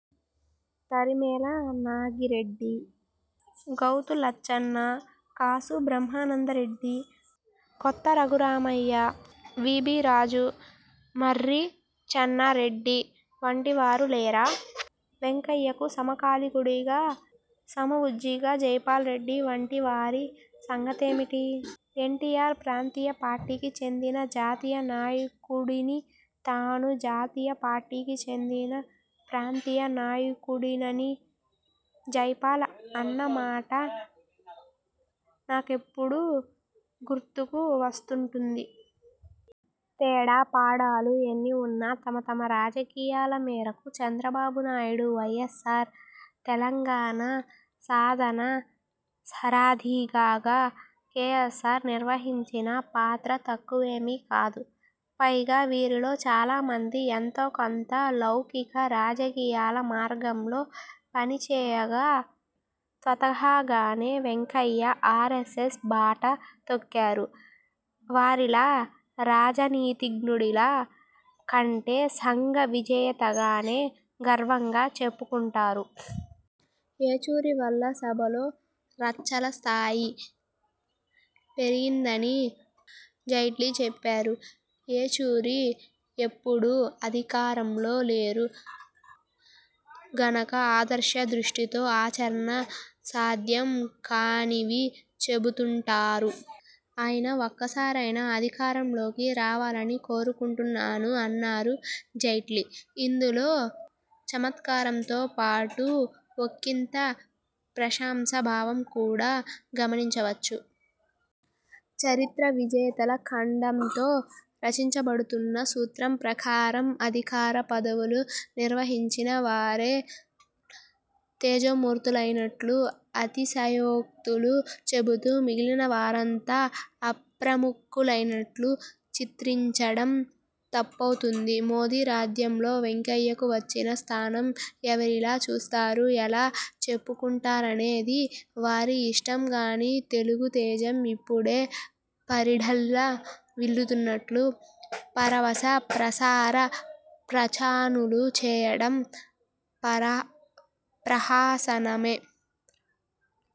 తరిమెల నాగిరెడ్డి, గౌతు లచ్చన్న, కాసు బ్రహ్మానందరెడ్డి, కొత్త రఘురామయ్య, విబిరాజు, మర్రి చెన్నారెడ్డి, వంటివారు లేరా? వెంకయ్యకు సమకాలికుడుగా సమవుజ్జీగా జైపాల్రెడ్డి వంటివారి సంగతేమిటి? ఎన్టీఆర్ ప్రాంతీయ పార్టీకి చెందిన జాతీయ నాయకుడని తాను జాతీయ పార్టీకి చెందిన ప్రాంతీయ నాయకుడినని జైపాల్ అన్నమాట నాకెప్పుడూ గుర్తుకు వస్తుంటుంది. తేడాపాడాలు ఎన్ని వున్నా తమ తమ రాజకీయాల మేరకు చంద్రబాబు నాయుడు, వైఎస్, తెలంగాణ సాధన సారథిగాగా కేసీఆర్లు నిర్వహించిన పాత్ర తక్కువదేమీ కాదు. పైగా వీరిలో చాలామంది ఎంతోకొంత లౌకిక రాజకీయాల మార్గంలో పనిచేయగా స్వతహాగానే వెంకయ్య ఆరెస్సెస్ బాట తొక్కారు. వారిలా రాజనీతిజ్ఞుడిగా కంటే సంఘ విధేయతనే గర్వంగా చెప్పుకుంటున్నారు. ఏచూరి వల్ల సభలో చర్చల స్థాయి పెరిగిందని జైట్లీ చెప్పారు. ఏచూరి ఎప్పుడూ అధికారంలో లేరు గనక ఆదర్శదృష్టితో ఆచరణ సాధ్యం కానివి చెబుతుంటారు. ఆయన ఒక్కసారైనా అధికారంలోకి రావాలని కోరుకుంటున్నాను అన్నారు జైట్లీ. ఇందులో చమత్కారంతో పాటు ఒకింత ప్రశంసా భావం కూడా గమనించవచ్చు. చరిత్ర విజేతల ఖడ్గంతో రచించబడుతుందన్న సూత్రం ప్రకారం అధికార పదవులు నిర్వహించిన వారే తేజోమూర్తులైనట్టు అతిశయోక్తులు చెబుతూ మిగిలిన వారంతా అప్రముఖులైనట్టు చిత్రించడం తప్పవుతుంది. మోదీ రాజ్యంలో వెంకయ్యకు వచ్చిన స్థానం ఎవరెలా చూస్తారు ఎలా చెప్పుకుంటారనేది వారి ఇష్టం గానీ తెలుగుతేజం ఇప్పుడే పరిఢవిల్లినట్టు పరవశ ప్రసార ప్రచురణలు చేయడం ప్రహసనమే.